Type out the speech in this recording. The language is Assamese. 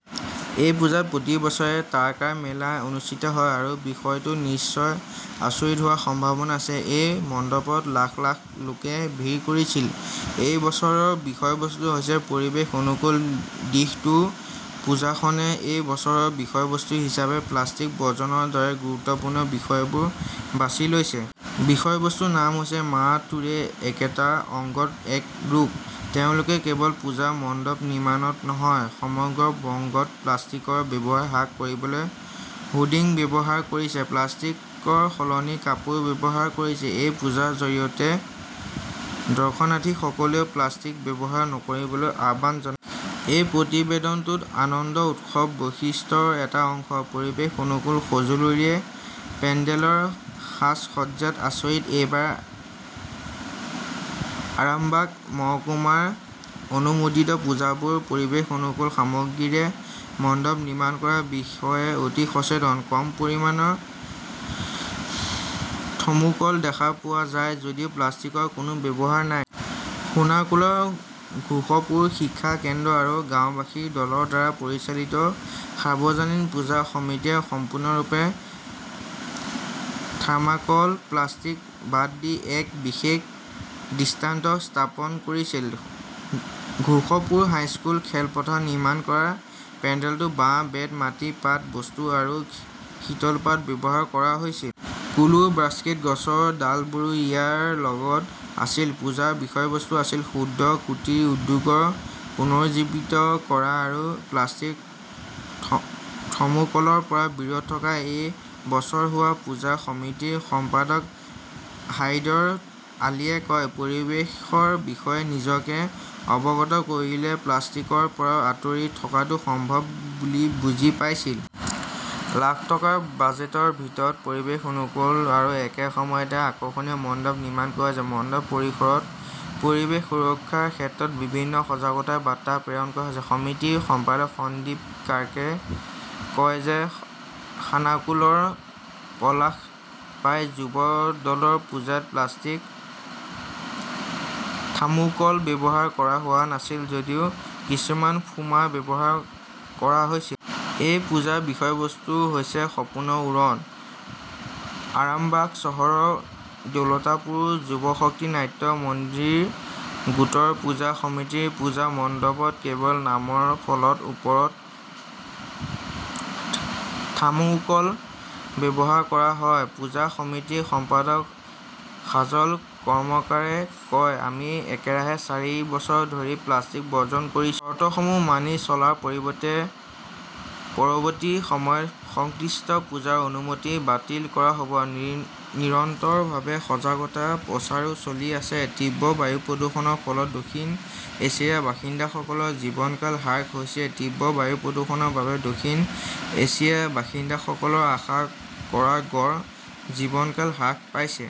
এই পূজাত প্ৰতি বছৰে তাৰকাৰ মেলা অনুষ্ঠিত হয়। আৰু বিষয়টোত নিশ্চয় আচৰিত হোৱাৰ সম্ভাৱনা আছে। এই মণ্ডপত লাখ লাখ লোকে ভিৰ কৰিছিল। এই বছৰৰ বিষয়বস্তু হৈছে পৰিৱেশ-অনুকূল দিশটোও। পূজাখনে এই বছৰৰ বিষয়বস্তু হিচাপে প্লাষ্টিক বৰ্জনৰ দৰে গুৰুত্বপূৰ্ণ বিষয়বোৰ বাছি লৈছে। বিষয়বস্তুৰ নাম হৈছে 'মা তোৰে একেটা অংগত এত ৰূপ'। তেওঁলোকে কেৱল পূজা মণ্ডপ নিৰ্মাণত নহয়, সমগ্ৰ বংগত প্লাষ্টিকৰ ব্যৱহাৰ হ্ৰাস কৰিবলৈ হোৰ্ডিং ব্যৱহাৰ কৰিছে, প্লাষ্টিকৰ সলনি কাপোৰ ব্যৱহাৰ কৰিছে। এই পূজাৰ জৰিয়তে দৰ্শনাৰ্থীসকলেও প্লাষ্টিক ব্যৱহাৰ নকৰিবলৈ আহ্বান জনায়। এই প্ৰতিবেদনটো 'আনন্দ উৎসৱ' বৈশিষ্ট্যৰ এটা অংশ। পৰিৱেশ-অনুকূল সঁজুলিৰে পেণ্ডেলৰ সাজ-সজ্জাত আচৰিত এইবাৰ আৰামবাগ মহকুমাৰ অনুমোদিত পূজাবোৰ পৰিৱেশ অনুকূল সামগ্ৰীৰে মণ্ডপ নিৰ্মাণ কৰাৰ বিষয়ে অতি সচেতন। কম পৰিমাণৰ থাৰ্মোক'ল দেখা পোৱা যায় যদিও প্লাষ্টিকৰ কোনো ব্যৱহাৰ নাই। খোনাকুলৰ ঘোষপুৰ শিক্ষা কেন্দ্ৰ আৰু গাওঁবাসীৰ দলৰ দ্বাৰা পৰিচালিত সাৰ্বজনীন পূজা সমিতিয়ে সম্পূৰ্ণৰূপে থাৰ্মোকল-প্লাষ্টিক বাদ দি এক বিশেষ দৃষ্টান্ত স্থাপন কৰিছিল। ঘোষপুৰ হাইস্কুল খেলপথাৰত নিৰ্মাণ কৰা পেণ্ডেলটো বাঁহ, বেত, মাটি, পাট, বস্ত্ৰ আৰু শীতলপাট ব্যৱহাৰ কৰা হৈছিল। কুলো, বাস্কেট, গছৰ ডালবোৰো ইয়াৰ লগত আছিল। পূজাৰ বিষয়বস্তু আছিল, 'ক্ষুদ্ৰ কুটিৰ উদ্যোগৰ পুনৰুজ্জীৱিত কৰা আৰু প্লাষ্টিক-থাৰ্মোকলৰ পৰা বিৰত থকা'। এই বছৰ হোৱা পূজা সমিতিৰ সম্পাদক হাইদৰ আলীয়ে কয়, "পৰিৱেশৰ বিষয়ে নিজকে অৱগত কৰিলে প্লাষ্টিকৰ পৰা আঁতৰি থকাটো সম্ভৱ বুলি বুজি পাইছিল। লাখ টকাৰ বাজেটৰ ভিতৰত পৰিৱেশ-অনুকূল আৰু একে সময়তে আকৰ্ষণীয় মণ্ডপ নিৰ্মাণ কৰা হৈছে।" মণ্ডপ পৰিসৰত পৰিৱেশ সুৰক্ষাৰ ক্ষেত্ৰত বিভিন্ন সজাগতাৰ বাৰ্তা প্ৰেৰণ কৰা হৈছে। সমিতিৰ সম্পাদক সন্দীপ কাৰ্কে কয় যে খানাকুলৰ পলাশপাই যুৱ দলৰ পূজাত প্লাষ্টিক, থাৰ্মোকল ব্যৱহাৰ কৰা হোৱা নাছিল যদিও কিছুমান ফোমা ব্যৱহাৰ কৰা হৈছিল। এই পূজাৰ বিষয়বস্তু হৈছে 'সপোনৰ উৰণ'। আৰামবাগ চহৰৰ দৌলতাপুৰ যুৱশক্তি নাট্য মন্দিৰ গোটৰ পূজা সমিতিৰ পূজা মণ্ডপত কেৱল নামৰ ফলৰ ওপৰত থাৰ্মোক'ল ব্যৱহাৰ কৰা হয়। পূজা সমিতিৰ সম্পাদক সাজল কৰ্মকাৰে কয়, "আমি একেৰাহে চাৰি বছৰ ধৰি প্লাষ্টিক বৰ্জন কৰিছো। চৰ্তসমূহ মানি চলাৰ পৰিৱৰ্তে পৰৱৰ্তী সময়ত সংশ্লিষ্ট পূজাৰ অনুমতি বাতিল কৰা হ'ব। নিৰন্তৰভাৱে সজাগতা প্ৰচাৰো চলি আছে। তীব্ৰ বায়ু প্ৰদূষণৰ ফলত দক্ষিণ এছিয়াৰ বাসিন্দাসকলৰ 'জীৱনকাল হ্ৰাস' হৈছে তীব্ৰ বায়ু প্ৰদূষণৰ বাবে দক্ষিণ এছিয়াৰ বাসিন্দাসকলৰ আশা কৰা গড় জীৱনকাল হ্ৰাস পাইছে।